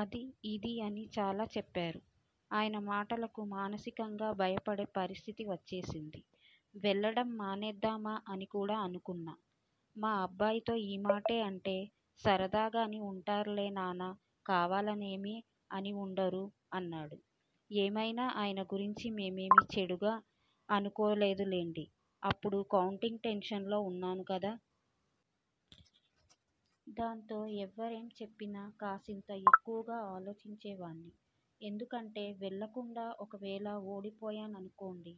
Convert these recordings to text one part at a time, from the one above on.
అదీ.. ఇదీ' అని చాలా చెప్పారు. ఆయన మాటలకు మానసికంగా భయపడే పరిస్థితి వచ్చేసింది. వెళ్ళడం మానేద్దామా అని కూడా అనుకున్నా. మా అబ్బాయితో ఈ మాటే అంటే 'సరదాగా అని ఉంటారులే నాన్నా.. కావాలనేమీ అని ఉండరు' అన్నాడు. ఏమైనా ఆయన గురించి మేమేమీ చెడుగా అనుకోలేదులెండిఅప్పుడు కౌంటింగ్ టెన్షన్లో ఉన్నాను కదా.. దాంతో ఎవరేం చెప్పినా కాసింత ఎక్కువగా ఆలోచించేవాణ్ణి. ఎందుకంటే వెళ్ళకుండా ఒకవేళ ఓడిపోయాననుకోండి..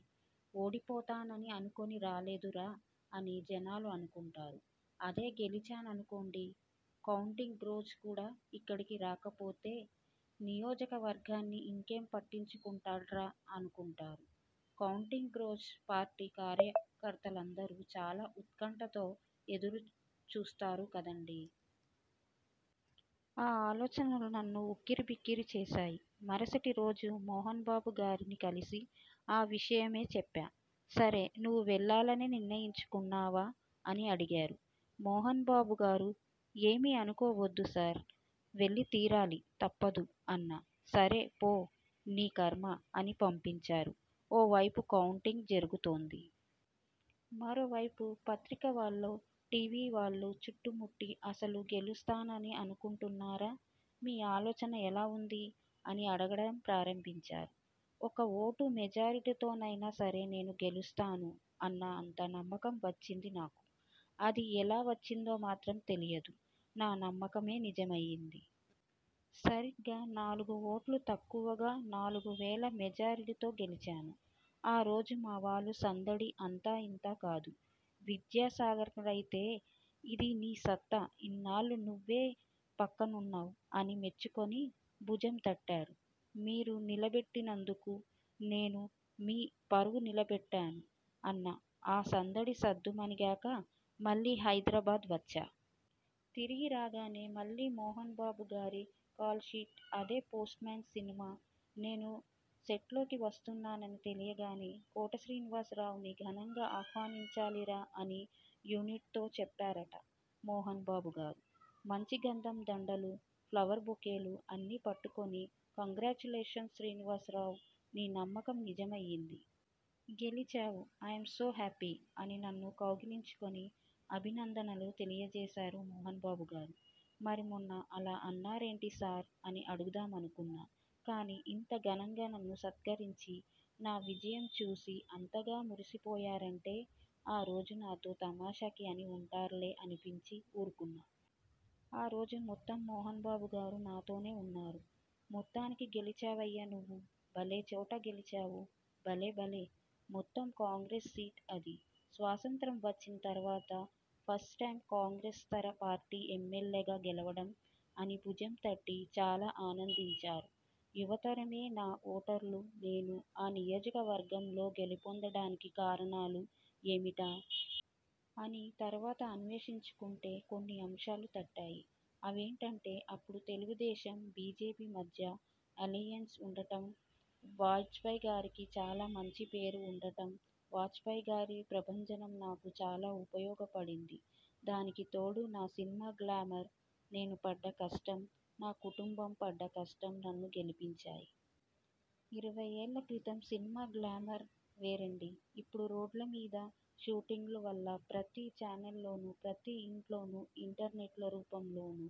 'ఓడిపోతానని అనుకుని రాలేదురా' అని జనాలు అనుకుంటారు.. అదే గెలిచాననుకోండి.. 'కౌంటింగ్రోజు కూడా ఇక్కడికి రాకపోతే, నియోజకవర్గాన్ని ఇంకేం పట్టించుకుంటాడ్రా' అనుకుంటారు.. కౌంటింగ్రోజు పార్టీ కార్యకర్తలందరూ చాలా ఉత్కంఠతో ఎదురుచూస్తారు కదండీ. ఆ ఆలోచనలు నన్ను ఉక్కిరిబిక్కిరి చేశాయి. మరుసటిరోజు మోహనబాబుగారిని కలిసి ఆ విషయమే చెప్పా. 'సరే నువ్వు వెళ్ళాలనే నిర్ణయించుకున్నావా' అని అడిగారు మోహన్బాబుగారు. 'ఏమీ అనుకోవద్దు సార్ వెళ్ళి తీరాలి. తప్పదు' అన్నా. 'సరే పో.. నీ ఖర్మ' అని పంపించారు. ఓ వైపు కౌంటింగ్ జరుగుతోంది.. మరోవైపు పత్రికలవాళ్ళు టీవీలవాళ్ళు చుట్టుముట్టి.. 'అసలు గెలుస్తానని అనుకుంటున్నారా? మీ ఆలోచన ఎలా ఉంది' అని అడగడం ప్రారంభించారు. 'ఒక్క ఓటు మెజారిటీతోనైనా సరే నేను గెలుస్తాను' అన్నా. అంత నమ్మకం వచ్చింది నాకు. అది ఎలా వచ్చిందో మాత్రం తెలియదు. నా నమ్మకమే నిజమైంది. సరిగ్గా నాలుగుఓట్లు తక్కువగా నాలుగువేలు మెజార్టీతో గెలిచాను. ఆ రోజు మావాళ్ళ సందడి అంతా ఇంతా కాదు. విద్యాసాగర్గారైతే 'ఇదీ నీ సత్తా. ఇన్నాళ్ళూ నువ్వే పక్కనున్నావ్' అని మెచ్చుకుని భుజం తట్టారు. 'మీరు నిలబెట్టినందుకు నేను మీ పరువు నిలబెట్టాను' అన్నా. ఆ సందడి సద్దుమణిగాక మళ్ళీ హైదరాబాద్ వచ్చా. తిరిగి రాగానే మళ్ళీ మోహనబాబుగారి కాల్షీట్. అదే 'పోస్ట్మేన్' సినిమా. నేను సెట్లోకి వస్తున్నానని తెలియగానే 'కోట శ్రీనివాసరావుని ఘనంగా ఆహ్వానించాలిరా.. ' అని యూనిట్తో చెప్పారట మోహనబాబుగారు. మంచి గంధం దండలు, ఫ్లవర్ బొకేలు అన్నీ పట్టుకుని 'కంగ్రాట్యులేషన్స్ శ్రీనివాసరావు, నీ నమ్మకం నిజమైంది. గెలిచావు, అయామ్ సో హ్యాపీ.. ' అని నన్ను కౌగలించుకుని అభినందనలు తెలియజేశారు మోహనబాబుగారు. 'మరి మొన్న అలా అన్నారేంటి సార్.. ' అని అడుగుదామనుకున్నా. కానీ ఇంత ఘనంగా నన్ను సత్కరించి, నా విజయం చూసి అంతగా మురిసిపోయారంటే ఆ రోజు నాతో తమాషాకి అని ఉంటారులే అనిపించి ఊరకున్నా. ఆ రోజు మొత్తం మోహనబాబుగారు నాతోనే ఉన్నారు. 'మొత్తానికి గెలిచావయ్యా నువ్వు.. భలే చోట గెలిచావు.. భలే భలే.. మొత్తం కాంగ్రెస్ సీట్ అది. స్వాతంత్య్రం వచ్చిన తర్వాత ఫస్ట్టైమ్ కాంగ్రెస్యేతర పార్టీ ఎమ్మెల్యేగా గెలవడం.. ' అని భుజంతట్టి చాలా ఆనందించారు. యువతరమే నా ఓటర్లునేను ఆ నియోజకవర్గంలో గెలుపొందడానికి కారణాలు ఏమిటా? అని తర్వాత అన్వేషించుకుంటే కొన్ని అంశాలు తట్టాయి. అవేంటంటే అప్పుడు తెలుగుదేశం, బీజేపీ మధ్య అలయెన్స్ ఉండటం, వాజ్పేయిగారికి చాలా మంచి పేరు ఉండటం. వాజ్పేయిగారి ప్రభంజనం నాకు చాలా ఉపయోగపడింది. దానికి తోడు నా సినిమా గ్లామర్, నేనుపడ్డ కష్టం, నా కుటుంబంపడ్డ కష్టం నన్ను గెలిపించాయి. ఇరవైఏళ్ళ క్రితం సినిమా గ్లామర్ వేరండీ. ఇప్పుడు రోడ్లమీద షూటింగ్ల వల్ల, ప్రతి చానెల్లోనూ, ప్రతి ఇంట్లోనూ ఇంటర్నెట్ల రూపంలోనూ